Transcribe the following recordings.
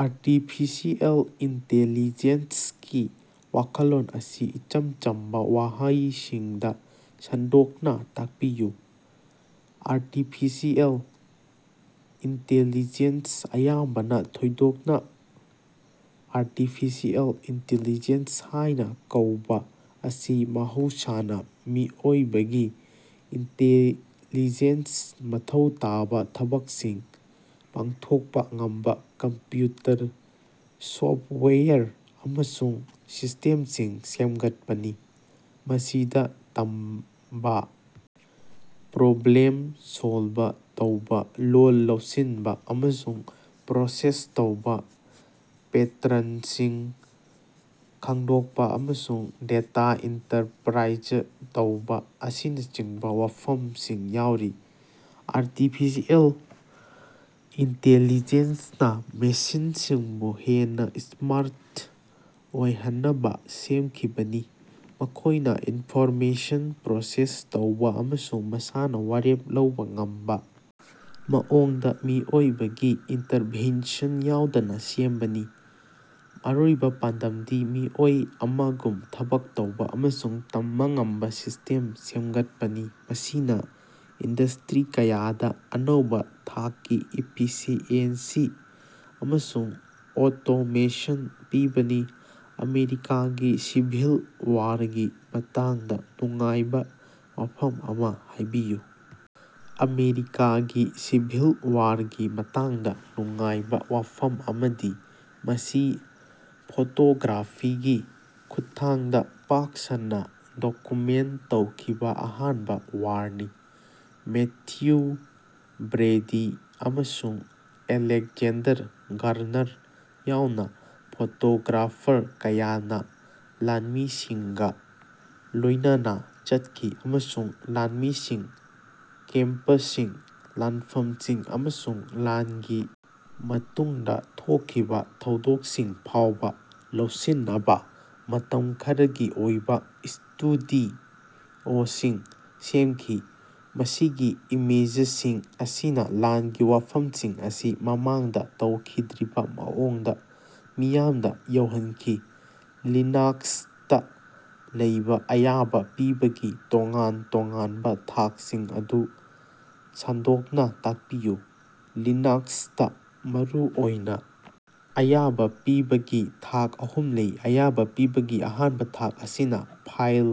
Artificial ꯏꯟꯇꯦꯂꯤꯖꯦꯟꯁꯀꯤ ꯋꯥꯈꯜꯂꯣꯟ ꯑꯁꯤ ꯏꯆꯝ ꯆꯝꯕꯥ ꯋꯥꯍꯩꯁꯤꯡꯗꯥ ꯁꯟꯗꯣꯛꯅꯥ ꯇꯥꯛꯄꯤꯌꯨ꯫ ꯑꯥꯔꯇꯤꯐꯤꯁꯤꯑꯦꯜ ꯏꯟꯇꯦꯂꯤꯖꯦꯟꯁ, ꯑꯌꯥꯝꯕꯅꯥ ꯊꯣꯏꯗꯣꯛꯅꯥ ꯑꯥꯔꯇꯤꯐꯤꯁꯤꯑꯦꯜ ꯏꯟꯇꯦꯂꯤꯖꯦꯟꯁ ꯍꯥꯏꯅꯥ ꯀꯧꯕꯥ ꯑꯁꯤ ꯃꯍꯧꯁꯥꯅꯥ ꯃꯤꯑꯣꯏꯕꯒꯤ ꯏꯟꯇꯦꯂꯤꯖꯦꯟꯁ ꯃꯊꯧ ꯇꯥꯕꯥ ꯊꯕꯛꯁꯤꯡ ꯄꯥꯡꯊꯣꯛꯄꯥ ꯉꯝꯕꯥ ꯀꯝꯄ꯭ꯌꯨꯇꯔ ꯁꯣꯞꯋꯦꯌꯔ ꯑꯃꯁꯨꯡ ꯁꯤꯁꯇꯦꯝꯁꯤꯡ ꯁꯦꯝꯒꯠꯄꯅꯤ꯫ ꯃꯁꯤꯗꯥ ꯇꯝꯕꯥ, ꯄ꯭ꯔꯣꯕ꯭ꯂꯦꯝ ꯁꯣꯜꯕ ꯇꯧꯕꯥ, ꯂꯣꯜ ꯂꯧꯁꯤꯟꯕꯥ ꯑꯃꯁꯨꯡ ꯄ꯭ꯔꯣꯁꯦꯁ ꯇꯧꯕꯥ, ꯄꯦꯇ꯭ꯔꯟꯁꯤꯡ ꯈꯪꯗꯣꯛꯄꯥ, ꯑꯃꯁꯨꯡ ꯗꯦꯇꯥ ꯏꯟꯇꯔꯄ꯭ꯔꯥꯏꯖ ꯇꯧꯕꯥ ꯑꯁꯤꯅꯆꯤꯡꯕꯥ ꯋꯥꯐꯝꯁꯤꯡ ꯌꯥꯎꯔꯤ꯫ ꯑꯥꯔꯇꯤꯐꯤꯁꯤꯑꯦꯜ ꯏꯟꯇꯦꯂꯤꯖꯦꯟꯁꯅꯥ ꯃꯦꯁꯤꯟꯁꯤꯡꯕꯨ ꯍꯦꯟꯅꯥ ꯁ꯭ꯃꯥꯔꯠ ꯑꯣꯏꯍꯟꯅꯕꯥ ꯁꯦꯝꯈꯤꯕꯅꯤ, ꯃꯈꯣꯏꯅꯥ ꯏꯟꯐꯣꯔꯃꯦꯁꯟ ꯄ꯭ꯔꯣꯁꯦꯁ ꯇꯧꯕꯥ ꯑꯃꯁꯨꯡ ꯃꯁꯥꯅꯥ ꯋꯥꯔꯦꯞ ꯂꯧꯕꯥ ꯉꯝꯕꯥ ꯃꯑꯣꯡꯗꯥ, ꯃꯤꯑꯣꯏꯕꯒꯤ ꯏꯟꯇꯔꯚꯦꯟꯁꯟ ꯌꯥꯎꯗꯅꯥ ꯁꯦꯝꯕꯅꯤ꯫ ꯑꯔꯣꯏꯕꯥ ꯄꯥꯟꯗꯝꯗꯤ ꯃꯤꯑꯣꯏ ꯑꯃꯒꯨꯝ ꯊꯕꯛ ꯇꯧꯕꯥ ꯑꯃꯁꯨꯡ ꯇꯝꯕꯥ ꯉꯝꯕꯥ ꯁꯤꯁꯇꯦꯝꯁꯤꯡ ꯁꯦꯝꯒꯠꯄꯅꯤ, ꯃꯁꯤꯅꯥ ꯏꯟꯗꯁꯇ꯭ꯔꯤ ꯀꯌꯥꯗꯥ ꯑꯅꯧꯕꯥ ꯊꯥꯛꯀꯤ ꯏꯐꯤꯁꯤꯑꯦꯟꯁꯤ ꯑꯃꯁꯨꯡ ꯑꯣꯇꯣꯃꯦꯁꯟ ꯄꯤꯕꯅꯤ꯫ ꯑꯃꯦꯔꯤꯀꯥꯒꯤ ꯁꯤꯚꯤꯜ ꯋꯥꯔꯒꯤ ꯃꯇꯥꯡꯗꯥ ꯅꯨꯡꯉꯥꯏꯕꯥ ꯋꯥꯐꯝ ꯑꯃꯥ ꯍꯥꯏꯕꯤꯌꯨ꯫ ꯑꯃꯦꯔꯤꯀꯥꯒꯤ ꯁꯤꯚꯤꯜ ꯋꯥꯔꯒꯤ ꯃꯇꯥꯡꯗꯥ ꯅꯨꯡꯉꯥꯏꯕꯥ ꯋꯥꯐꯝ ꯑꯃꯗꯤ ꯃꯁꯤ ꯐꯣꯇꯣꯒ꯭ꯔꯥꯐꯤꯒꯤ ꯈꯨꯠꯊꯥꯡꯗꯥ ꯄꯥꯛ ꯁꯟꯅꯥ ꯗꯣꯀꯨꯃꯦꯟ ꯇꯧꯈꯤꯕꯥ ꯑꯍꯥꯟꯕꯥ ꯋꯥꯔꯅꯤ꯫ ꯃꯦꯊ꯭ꯌꯨ ꯕ꯭ꯔꯦꯗꯤ ꯑꯃꯁꯨꯡ ꯑꯂꯦꯛꯖꯦꯟꯗꯔ ꯒꯥꯔꯅꯔ ꯌꯥꯎꯅꯥ ꯐꯣꯇꯣꯒ꯭ꯔꯥꯐꯔ ꯀꯌꯥꯅꯥ ꯂꯥꯟꯃꯤꯁꯤꯡꯒꯥ ꯂꯣꯏꯅꯅꯥ ꯆꯠꯈꯤ ꯑꯃꯁꯨꯡ ꯂꯥꯟꯃꯤꯁꯤꯡ, ꯀꯦꯝꯄꯁꯤꯡ, ꯂꯥꯟꯐꯝꯁꯤꯡ ꯑꯃꯁꯨꯡ ꯂꯥꯟꯒꯤ ꯃꯇꯨꯡꯗꯥ ꯊꯣꯛꯈꯤꯕꯥ ꯊꯧꯗꯣꯛꯁꯤꯡ ꯐꯥꯎꯕꯥ ꯂꯧꯁꯤꯟꯅꯕꯥ ꯃꯇꯝ ꯈꯔꯒꯤ ꯑꯣꯏꯕꯥ ꯁ꯭ꯇꯨꯗꯤꯑꯣꯁꯤꯡ ꯁꯦꯝꯈꯤ꯫ ꯃꯁꯤꯒꯤ ꯏꯃꯦꯖꯁꯤꯡ ꯑꯁꯤꯅꯥ ꯂꯥꯟꯒꯤ ꯋꯥꯐꯝꯁꯤꯡ ꯑꯁꯤ ꯃꯃꯥꯡꯗꯥ ꯇꯧꯈꯤꯗ꯭ꯔꯤꯕꯥ ꯃꯑꯣꯡꯗꯥ ꯃꯤꯌꯥꯝꯗꯥ ꯌꯧꯍꯟꯈꯤ꯫ ꯂꯤꯅꯥꯛꯁꯇꯥ ꯂꯩꯕꯥ ꯑꯌꯥꯕꯥ ꯄꯤꯕꯒꯤ ꯇꯣꯉꯥꯟ-ꯇꯣꯉꯥꯟꯕꯥ ꯊꯥꯛꯁꯤꯡ ꯑꯗꯨ ꯁꯟꯗꯣꯛꯅꯥ ꯇꯥꯛꯄꯤꯌꯨ꯫ ꯂꯤꯅꯥꯛꯁꯇꯥ, ꯃꯔꯨ ꯑꯣꯏꯅꯥ ꯑꯌꯥꯕꯥ ꯄꯤꯕꯒꯤ ꯊꯥꯛ ꯑꯍꯨꯝ ꯂꯩ: ꯑꯌꯥꯕ ꯄꯤꯕꯒꯤ ꯑꯍꯥꯟꯕꯥ ꯊꯥꯛ ꯑꯁꯤꯅꯥ ꯐꯥꯏꯜ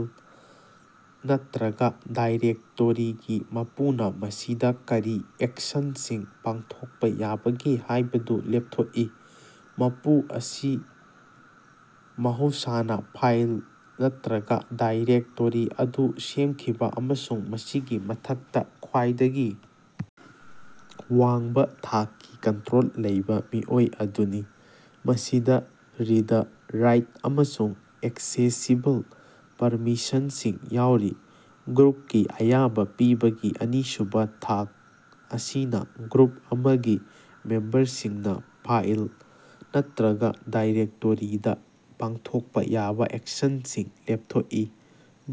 ꯅꯠꯇ꯭ꯔꯒꯥ ꯗꯥꯏꯔꯦꯛꯇꯣꯔꯤꯒꯤ ꯃꯄꯨꯅꯥ ꯃꯁꯤꯗꯥ ꯀꯔꯤ ꯑꯦꯛꯁꯟꯁꯤꯡ ꯄꯥꯡꯊꯣꯛꯄꯥ ꯌꯥꯕꯒꯦ ꯍꯥꯏꯕꯗꯨ ꯂꯦꯞꯊꯣꯛꯏ꯫ ꯃꯄꯨ ꯑꯁꯤ ꯃꯍꯧꯁꯥꯅ ꯐꯥꯏꯜ ꯅꯠꯇ꯭ꯔꯒꯥ ꯗꯥꯏꯔꯦꯛꯇꯣꯔꯤ ꯑꯗꯨ ꯁꯦꯝꯈꯤꯕꯥ ꯑꯃꯁꯨꯡ ꯃꯁꯤꯒꯤ ꯃꯊꯛꯇꯥ ꯈ꯭ꯋꯥꯏꯗꯒꯤ ꯋꯥꯡꯕꯥ ꯊꯥꯛꯀꯤ ꯀꯟꯇ꯭ꯔꯣꯜ ꯂꯩꯕꯥ ꯃꯤꯑꯣꯏ ꯑꯗꯨꯅꯤ, ꯃꯁꯤꯗꯥ ꯔꯤꯗ, ꯔꯥꯏꯠ ꯑꯃꯁꯨꯡ ꯑꯦꯛꯁꯦꯁꯤꯕꯜ ꯄꯔꯃꯤꯁꯟꯁꯤꯡ ꯌꯥꯎꯔꯤ꯫ ꯒ꯭ꯔꯨꯞꯀꯤ ꯑꯌꯥꯕꯥ ꯄꯤꯕꯒꯤ ꯑꯅꯤꯁꯨꯕꯥ ꯊꯥꯛ ꯑꯁꯤꯅꯥ ꯒ꯭ꯔꯨꯞ ꯑꯃꯒꯤ ꯃꯦꯝꯕꯔꯁꯤꯡꯅꯥ ꯐꯥꯏꯜ ꯅꯠꯇ꯭ꯔꯒꯥ ꯗꯥꯏꯔꯦꯛꯇꯣꯔꯤꯗꯥ ꯄꯥꯡꯊꯣꯛꯄꯥ ꯌꯥꯕꯥ ꯑꯦꯛꯁꯟꯁꯤꯡ ꯂꯦꯞꯊꯣꯛꯏ꯫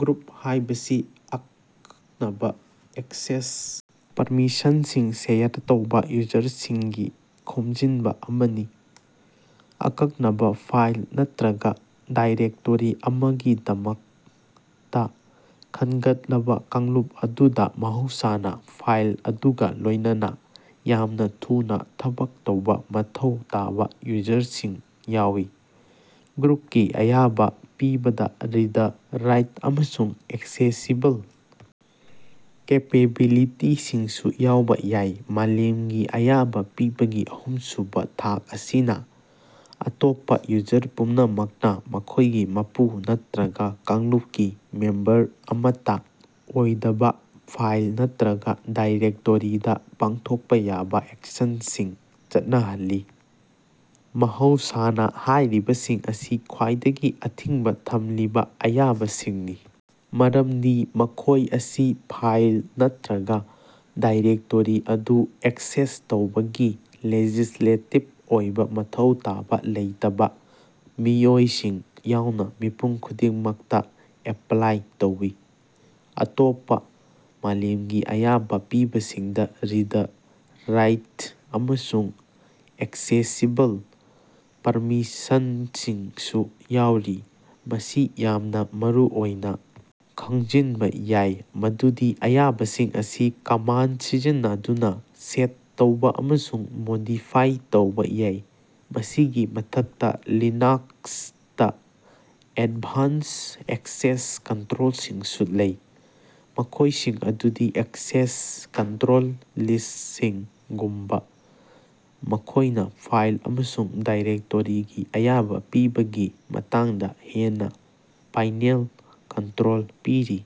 ꯒ꯭ꯔꯨꯞ ꯍꯥꯏꯕꯁꯤ ꯑꯀꯛꯅꯕꯥ ꯑꯦꯛꯁꯦꯁ ꯄꯔꯃꯤꯁꯟꯁꯤꯡ ꯁꯦꯌꯔ ꯇꯧꯕꯥ ꯌꯨꯖꯔꯁꯤꯡꯒꯤ ꯈꯣꯝꯖꯤꯟꯕꯥ ꯑꯃꯅꯤ꯫ ꯑꯀꯛꯅꯕꯥ ꯐꯥꯏꯜ ꯅꯠꯇ꯭ꯔꯒꯥ ꯗꯥꯏꯔꯦꯛꯇꯣꯔꯤ ꯑꯃꯒꯤꯗꯃꯛꯇꯥ ꯈꯟꯒꯠꯂꯕꯥ ꯀꯥꯡꯂꯨꯞ ꯑꯗꯨꯗꯥ ꯃꯍꯧꯁꯥꯅꯥ ꯐꯥꯏꯜ ꯑꯗꯨꯒꯥ ꯂꯣꯏꯅꯅꯥ ꯌꯥꯝꯅꯥ ꯊꯨꯅꯥ ꯊꯕꯛ ꯇꯧꯕꯥ ꯃꯊꯧ ꯇꯥꯕꯥ ꯌꯨꯖꯔꯁꯤꯡ ꯌꯥꯎꯏ꯫ ꯒ꯭ꯔꯨꯞꯀꯤ ꯑꯌꯥꯕꯥ ꯄꯤꯕꯗꯥ ꯔꯤꯗ, ꯔꯥꯏꯠ ꯑꯃꯁꯨꯡ ꯑꯦꯛꯁꯦꯁꯤꯕꯜ ꯀꯦꯄꯦꯕꯤꯂꯤꯇꯤꯁꯤꯡꯁꯨ ꯌꯥꯎꯕꯥ ꯌꯥꯏ꯫ ꯃꯥꯂꯦꯝꯒꯤ ꯑꯌꯥꯕꯥ ꯄꯤꯕꯒꯤ ꯑꯍꯨꯝꯁꯨꯕꯥ ꯊꯥꯛ ꯑꯁꯤꯅꯥ ꯑꯇꯣꯞꯄꯥ ꯌꯨꯖꯔ ꯄꯨꯝꯅꯃꯛꯅꯥ, ꯃꯈꯣꯏꯒꯤ ꯃꯄꯨ ꯅꯠꯇ꯭ꯔꯒꯥ ꯀꯥꯡꯂꯨꯞꯀꯤ ꯃꯦꯝꯕꯔ ꯑꯃꯠꯇꯥ ꯑꯣꯏꯗꯕꯥ, ꯐꯥꯏꯜ ꯅꯠꯇ꯭ꯔꯒꯥ ꯗꯥꯏꯔꯦꯛꯇꯣꯔꯤꯗꯥ ꯄꯥꯡꯊꯣꯛꯄꯥ ꯌꯥꯕꯥ ꯑꯦꯛꯁꯟꯁꯤꯡ ꯆꯠꯅꯍꯜꯂꯤ꯫ ꯃꯍꯧꯁꯥꯅꯥ ꯍꯥꯏꯔꯤꯕꯁꯤꯡ ꯑꯁꯤ ꯈ꯭ꯋꯥꯏꯗꯒꯤ ꯑꯊꯤꯡꯕꯥ ꯊꯝꯂꯤꯕꯥ ꯑꯌꯥꯕꯁꯤꯡꯅꯤ, ꯃꯔꯝꯗꯤ ꯃꯈꯣꯏ ꯑꯁꯤ ꯐꯥꯏꯜ ꯅꯠꯇ꯭ꯔꯒꯥ ꯗꯥꯏꯔꯦꯛꯇꯣꯔꯤ ꯑꯗꯨ ꯑꯦꯛꯁꯦꯁ ꯇꯧꯕꯒꯤ ꯂꯦꯖꯤꯁꯂꯦꯇꯤꯞ ꯑꯣꯏꯕꯥ ꯃꯊꯧ ꯇꯥꯕꯥ ꯂꯩꯇꯕꯥ ꯃꯤꯑꯣꯏꯁꯤꯡ ꯌꯥꯎꯅꯥ ꯃꯤꯄꯨꯝ ꯈꯨꯗꯤꯡꯃꯛꯇꯥ ꯑꯦꯄ꯭ꯂꯥꯏ ꯇꯧꯏ꯫ ꯑꯇꯣꯞꯄꯥ ꯃꯥꯂꯦꯝꯒꯤ ꯑꯌꯥꯕꯥ ꯄꯤꯕꯁꯤꯡꯗꯥ ꯔꯤꯗ, ꯔꯥꯏꯠ ꯑꯃꯁꯨꯡ ꯑꯦꯛꯁꯦꯁꯤꯕꯜ ꯄꯔꯃꯤꯁꯟꯁꯤꯡꯁꯨ ꯌꯥꯎꯔꯤ꯫ ꯃꯁꯤ ꯌꯥꯝꯅꯥ ꯃꯔꯨꯑꯣꯏꯅꯥ ꯈꯪꯖꯤꯟꯕꯥ ꯌꯥꯏ ꯃꯗꯨꯗꯤ ꯑꯌꯥꯕꯁꯤꯡ ꯑꯁꯤ ꯀꯃꯥꯟ ꯁꯤꯖꯤꯟꯅꯗꯨꯅꯥ ꯁꯦꯠ ꯇꯧꯕꯥ ꯑꯃꯁꯨꯡ ꯃꯣꯗꯤꯐꯥꯏ ꯇꯧꯕꯥ ꯌꯥꯏ꯫ ꯃꯁꯤꯒꯤ ꯃꯊꯛꯇꯥ, ꯂꯤꯅꯥꯛꯁꯇꯥ ꯑꯦꯠꯚꯥꯟꯁ ꯑꯦꯛꯁꯦꯁ ꯀꯟꯇ꯭ꯔꯣꯜꯁꯤꯡꯁꯨ ꯂꯩ, ꯃꯈꯣꯏꯁꯤꯡ ꯑꯗꯨꯗꯤ ꯑꯦꯛꯁꯦꯁ ꯀꯟꯇ꯭ꯔꯣꯜ ꯂꯤꯁꯁꯤꯡ ꯒꯨꯝꯕꯥ, ꯃꯈꯣꯏꯅꯥ ꯐꯥꯏꯜ ꯑꯃꯁꯨꯡ ꯗꯥꯏꯔꯦꯛꯇꯣꯔꯤꯒꯤ ꯑꯌꯥꯕꯥ ꯄꯤꯕꯒꯤ ꯃꯇꯥꯡꯗꯥ ꯍꯦꯟꯅꯥ ꯐꯥꯏꯅꯦꯜ ꯀꯟꯇ꯭ꯔꯣꯜ ꯄꯤꯔꯤ꯫